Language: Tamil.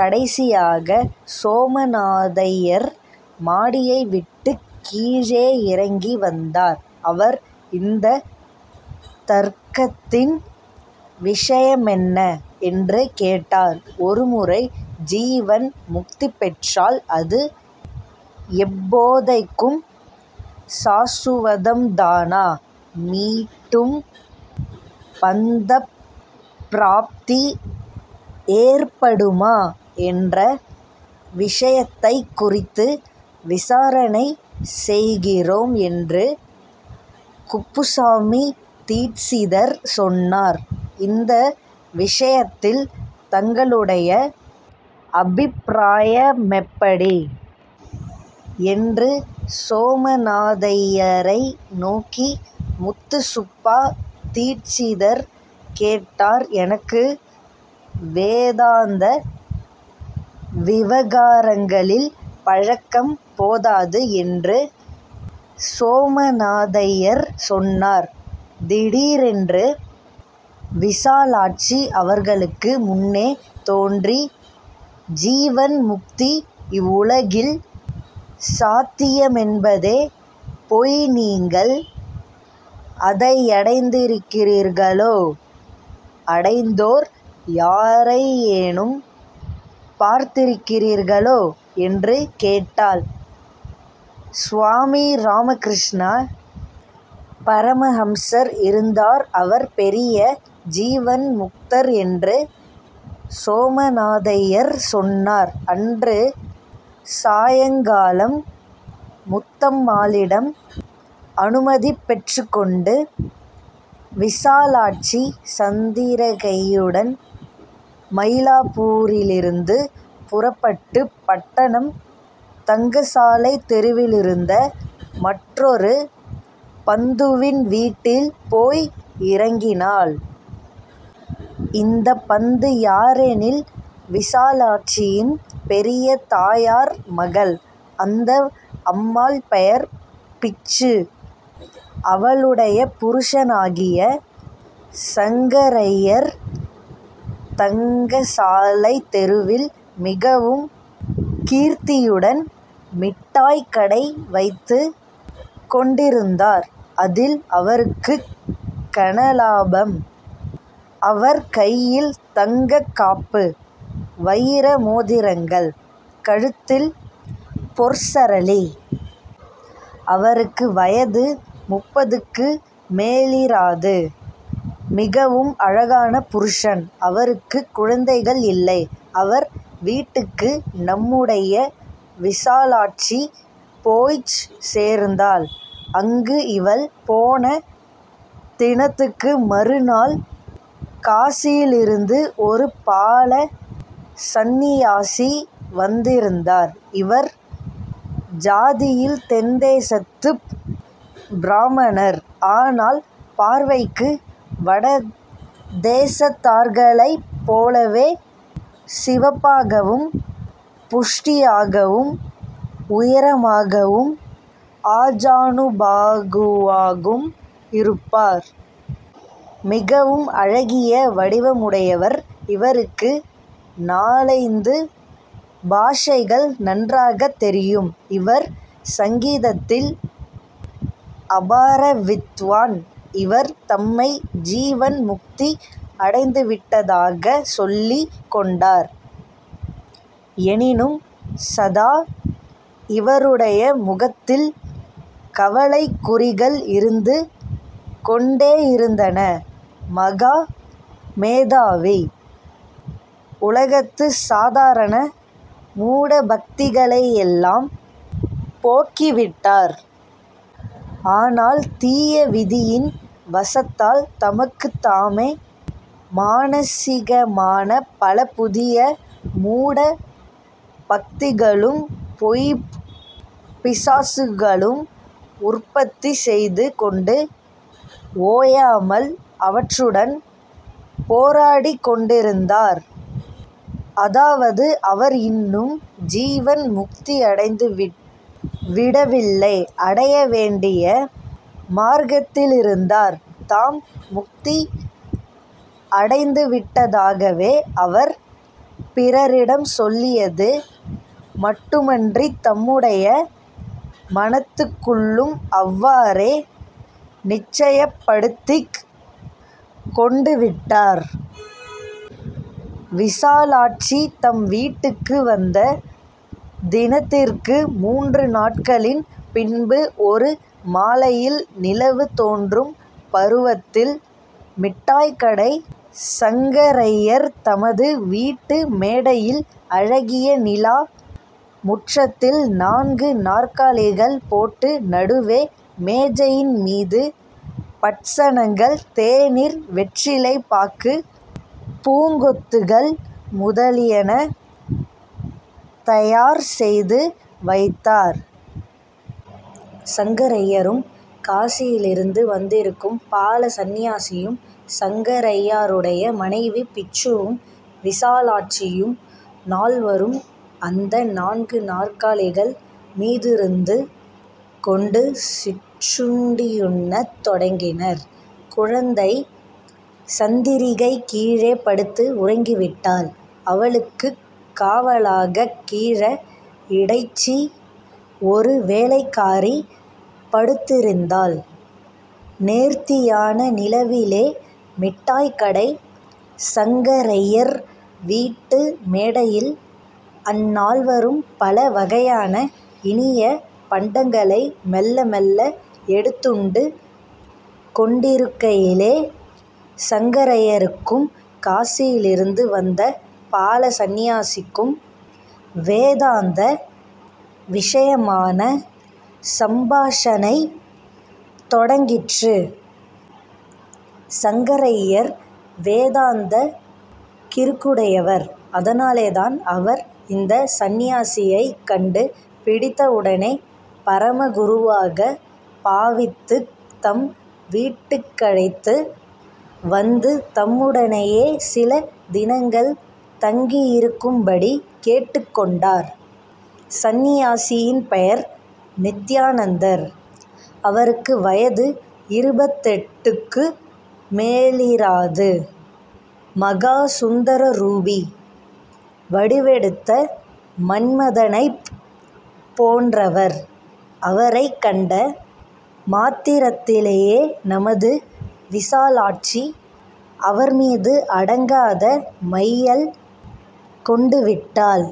கடைசியாக சோமநாதய்யர் மாடியை விட்டுக் கீழேயிறங்கி வந்தார் அவர் இந்த தர்க்கத்தின் விஷயமென்ன? என்று கேட்டார் ஒருமுறை ஜீவன் முக்தி பெற்றால் அது எப்போதைக்கும் சாசுவதம்தானா? மீட்டும் பந்தப் ப்ராப்தி ஏற்படுமா என்ற விஷயத்தைக் குறித்து விசாரணை செய்கிறோம் என்று குப்புசாமி தீட்சிதர் சொன்னார். இந்த விஷயத்தில் தங்களுடைய அபிப்ராயமெப்படி? என்று சோமநாதய்யரை நோக்கி முத்துசுப்பா தீட்சிதர் கேட்டார் எனக்கு வேதாந்த விவகாரங்களில் பழக்கம் போதாது என்று சோமநாதய்யர் சொன்னார். திடீரென்று விசாலாட்சி அவர்களுக்கு முன்னே தோன்றி ஜீவன்முக்தி இவ்வுலகில் சாத்தியமென்பதே பொய் நீங்கள் அதையடைந்திருக்கிறீர்களோ? அடைந்தோர் யாரையேனும் பார்த்திருக்கிறீர்களோ? என்று கேட்டாள். சுவாமி ராமகிருஷ்ண பரமஹம்ஸர் இருந்தார் அவர் பெரிய ஜீவன்முக்தர் என்று சோமநாதய்யர் சொன்னார் அன்று சாயங்காலம் முத்தம்மாளிடம் அனுமதிபெற்றுக் கொண்டு விசாலாட்சி சந்திரிகையுடன் மயிலாப்பூரிலிருந்து புறப்பட்டுப் பட்டணம் தங்கசாலைத் தெருவிலிருந்த மற்றொரு பந்துவின் வீட்டில் போய் இறங்கினாள். இந்த பந்து யாரெனில் விசாலாட்சியின் பெரிய தாயார் மகள். அந்த அம்மாள் பெயர் பிச்சு. அவளுடைய புருஷனாகிய சங்கரய்யர் தங்கசாலைத் தெருவில் மிகவும் கீர்த்தியுடன் மிட்டாய்க் கடை வைத்துக் கொண்டிருந்தார். அதில் அவருக்குக் கன லாபம். அவர் கையில் தங்கக் காப்பு; வயிர மோதிரங்கள்; கழுத்தில் பொற்சரளி. அவருக்கு வயது முப்பதுக்கு மேலிராது, மிகவும் அழகான புருஷன். அவருக்குக் குழந்தைகள் இல்லை. அவர் வீட்டுக்கு நம்முடைய விசாலாட்சி போய்ச் சேர்ந்தாள். அங்கு இவள் போன தினத்துக்கு மறுநாள் காசியிலிருந்து ஒரு பால சந்நியாசி வந்திருந்தார். இவர் ஜாதியில் தென்தேசத்துப் பிராமணர். ஆனால் பார்வைக்கு வட தேசத்தார்களைப் போலவே சிவப்பாகவும் புஷ்டியாகவும் உயரமாகவும் ஆஜானுபாகுவாகவும் இருப்பார். மிகவும் அழகிய வடிவமுடையவர். இவருக்கு நாலைந்து பாஷைகள் நன்றாகத் தெரியும். இவர் சங்கீதத்தில் அபார வித்வான் இவர் தம்மை ஜீவன் முக்தி அடைந்துவிட்டதாகச் சொல்லிக் கொண்டார். எனினும், சதா இவருடைய முகத்தில் கவலைக் குறிகள் இருந்து கொண்டேயிருந்தன. மகா மேதாவி. உலகத்து சாதாரண மூடபக்திகளையெல்லாம் போக்கிவிட்டார். ஆனால், தீய விதியின் வசத்தால் தமக்குத் தாமே மானசீகமான பல புதிய மூட பக்திகளும் பொய்ப் பிசாசுகளும் உற்பத்தி செய்து கொண்டு ஓயாமல் அவற்றுடன் போராடிக் கொண்டிருந்தார். அதாவது அவர் இன்னும் ஜீவன் முக்தி அடைந்துவிடவில்லை. அடைய வேண்டிய மார்க்கத்திலிருந்தார். தாம் முக்தி அடைந்துவிட்டதாகவே அவர் பிறரிடம் சொல்லியது மட்டுமன்றித் தம்முடைய மனத்துக்குள்ளும் அவ்வாறே நிச்சயப்படுத்திக் கொண்டுவிட்டார். விசாலாட்சி தம் வீட்டுக்கு வந்த தினத்திற்கு மூன்று நாட்களின் பின்பு ஒரு மாலையில் நிலவு தோன்றும் பருவத்தில் மிட்டாய்கடை சங்கரய்யர் தமது வீட்டு மேடையில் அழகிய நிலா முற்றத்தில் நான்கு நாற்காலிகள் போட்டு நடுவே மேஜையின் மீது பட்சணங்கள் தேநீர் வெற்றிலை பாக்கு பூங்கொத்துக்கள் முதலியன தயார் செய்து வைத்தார். சங்கரய்யரும், காசியிலிருந்து வந்திருக்கும் பால சந்நியாசியும், சங்கரய்யருடைய மனைவி பிச்சுவும், விசாலாட்சியும் நால்வரும் அந்த நான்கு நாற்காலிகள் மீதிருந்து கொண்டு சிற்றுண்டியுண்ணத் தொடங்கினர். குழந்தை சந்திரிகை கீழே படுத்து உறங்கிவிட்டாள். அவளுக்குக் காவலாகக் கிழ இடைச்சி, ஒரு வேலைக்காரி, படுத்திருந்தாள். நேர்த்தியான நிலவிலே மிட்டாய்க்கடை சங்கரய்யர் வீட்டு மேடையில், அந்நால்வரும் பல வகையான இனிய பண்டங்களை மெல்ல மெல்ல எடுத்துண்டு கொண்டிருக்கையிலே, சங்கரய்யருக்கும் காசியிலிருந்து வந்த பால சந்நியாசிக்கும் வேதாந்த விஷயமான சம்பாஷணை தொடங்கிற்று. சங்கரய்யர் வேதாந்தக் கிறுக்குடையவர். அதனாலேதான், அவர் இந்த சந்நியாசியைக் கண்டு பிடித்தவுடனே பரம குருவாக பாவித்துத் தம் வீட்டுக்கழைத்து வந்து தம்முடனேயே சில தினங்கள் தங்கியிருக்கும்படி கேட்டுக் கொண்டார். சந்நியாசியின் பெயர் நித்யானந்தர். அவருக்கு வயது இருபத்தெட்டுக்கு மேலிராது. மகா சுந்தரரூபி. வடிவெடுத்த மன்மதனைப் போன்றவர். அவரைக் கண்ட மாத்திரத்திலேயே நமது விசாலாட்சி அவர்மீது அடங்காத மையல் கொண்டுவிட்டாள்.